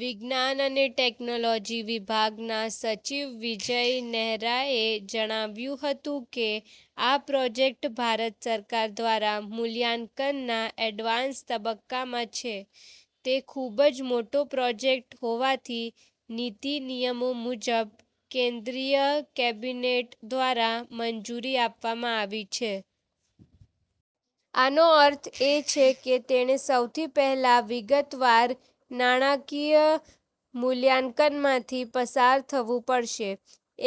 વિજ્ઞાન અને ટેકનોલોજી વિભાગના સચિવ વિજય નેહરાએ જણાવ્યું હતું કે, "આ પ્રોજેક્ટ ભારત સરકાર દ્વારા મૂલ્યાંકનના એડવાન્સ તબક્કામાં છે. તે ખૂબ જ મોટો પ્રોજેક્ટ હોવાથી નીતિ-નિયમો મુજબ, કેન્દ્રીય કેબિનેટ દ્વારા મંજૂરી આપવામાં આવી છે. આનો અર્થ એ છે કે તેણે સૌથી પહેલા વિગતવાર નાણાકીય મૂલ્યાંકનમાંથી પસાર થવું પડશે.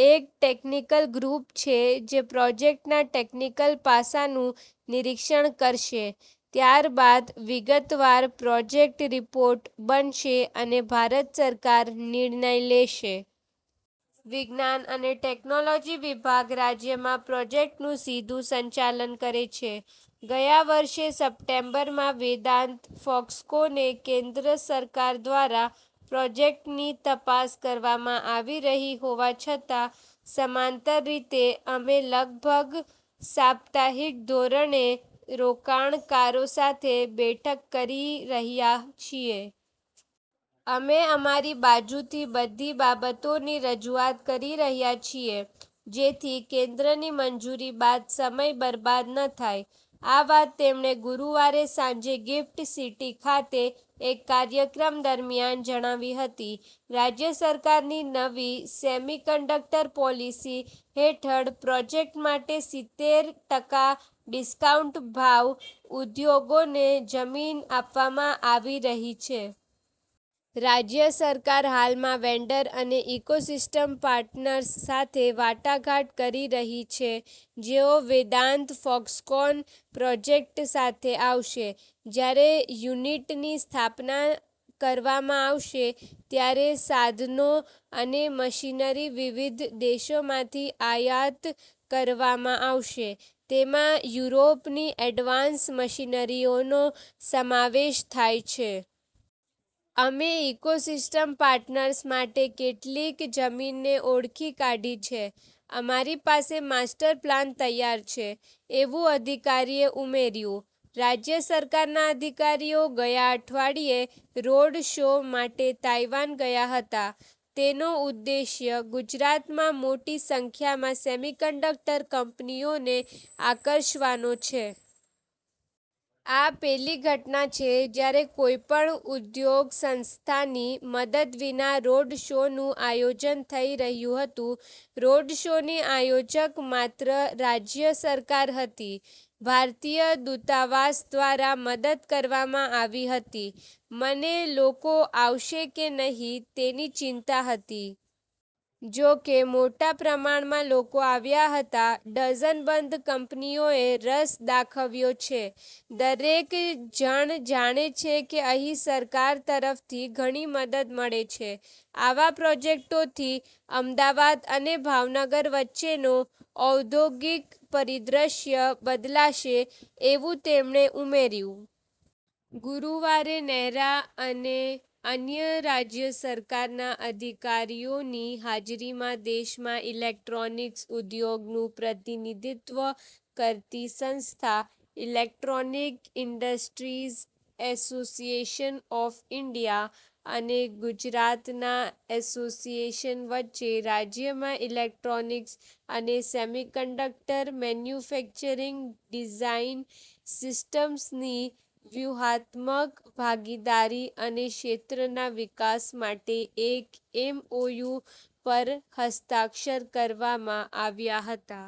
એક ટેકનિકલ ગ્રૂપ છે જે પ્રોજેક્ટના ટેકનિકલ પાસાનું નિરિક્ષણ કરશે. ત્યારબાદ વિગતવાર પ્રોજેક્ટ રિપોર્ટ બનશે અને ભારત સરકાર નિર્ણય લેશે." વિજ્ઞાન અને ટેકનોલોજી વિભાગ રાજ્યમાં પ્રોજેક્ટનું સીધું સંચાલન કરે છે. ગયા વર્ષે સપ્ટેમ્બરમાં વેદાંત- ફોક્સકોને કેન્દ્ર સરકાર દ્વારા પ્રોજેક્ટની તપાસ કરવામાં આવી રહી હોવા છતાં, સમાંતર રીતે, અમે લગભગ સાપ્તાહિક ધોરણે રોકાણકારો સાથે બેઠક કરી રહ્યા છીએ. અમે અમારી બાજુથી બધી બાબતોની રજૂઆત કરી રહ્યા છીએ, જેથી કેન્દ્રની મંજૂરી બાદ સમય બરબાદ ન થાય. આ વાત તેમણે ગુરુવારે સાંજે ગિફ્ટ સિટી ખાતે એક કાર્યક્રમ દરમિયાન જણાવી હતી. રાજ્ય સરકારની નવી 'સેમિકન્ડક્ટર પોલીસી' હેઠળ પ્રોજેક્ટ માટે સિત્તેર ટકા ડિસ્કાઉન્ટ ભાવ ઉદ્યોગોને જમીન આપવામાં આવી રહી છે. રાજ્ય સરકાર હાલમાં વેન્ડર અને ઇકોસિસ્ટમ પાર્ટનર્સ સાથે વાટાઘાટ કરી રહી છે જેઓ વેદાંત-ફોક્સકોન પ્રોજેક્ટ સાથે આવશે. "જ્યારે યુનિટની સ્થાપના કરવામાં આવશે, ત્યારે સાધનો અને મશીનરી વિવિધ દેશોમાંથી આયાત કરવામાં આવશે. તેમાં યુરોપની એડવાન્સ મશીનરીઓનો સમાવેશ થાય છે. અમે ઇકોસિસ્ટમ પાર્ટનર્સ માટે કેટલીક જમીનને ઓળખી કાઢી છે. અમારી પાસે માસ્ટર પ્લાન તૈયાર છે" એવું અધિકારીએ ઉમેર્યું. રાજ્ય સરકારના અધિકારીઓ ગયા અઠવાડિયે "રોડ શો" માટે તાઇવાન ગયા હતા. તેનો ઉદ્દેશ્ય ગુજરાતમાં મોટી સંખ્યામાં સેમિકન્ડક્ટર કંપનીઓને આકર્ષવાનો છે. "આ પહેલી ઘટના છે જ્યારે કોઈપણ ઉદ્યોગ સંસ્થાની મદદ વિના રોડ શોનું આયોજન થઇ રહ્યુ હતુ. રોડશોની આયોજક માત્ર રાજ્ય સરકાર હતી, ભારતીય દૂતાવાસ દ્વારા મદદ કરવામાં આવી હતી. મને લોકો આવશે કે નહીં તેની ચિંતા હતી. જોકે મોટા પ્રમાણમાં લોકો આવ્યા હતા. ડઝનબંધ કંપનીઓએ રસ દાખવ્યો છે. દરેક જણ જાણે છે કે અહીં સરકાર તરફથી ઘણી મદદ મળે છે. આવા પ્રોજેક્ટોથી અમદાવાદ અને ભાવનગર વચ્ચેનો ઔદ્યોગિક પરિદ્રશ્ય બદલાશે. " એવું તેમણે ઉમેર્યું. ગુરુવારે નેહરા અને અન્ય રાજ્ય સરકારના અધિકારીઓની હાજરીમાં દેશમાં ઇલેક્ટ્રોનિક્સ ઉદ્યોગનું પ્રતિનિધિત્વ કરતી સંસ્થા – electronic industries association of India – અને ગુજરાતના એસોસિએશન વચ્ચે રાજ્યમાં ઇલેક્ટ્રોનિક્સ અને સેમિકન્ડક્ટર મેન્યુફેક્ચરિંગ ડિઝાઇન સિસ્ટમ્સની વ્યૂહાત્મક ભાગીદારી અને ક્ષેત્રના વિકાસ માટે એક એમઓયુ પર હસ્તાક્ષર કરવામાં આવ્યા હતા.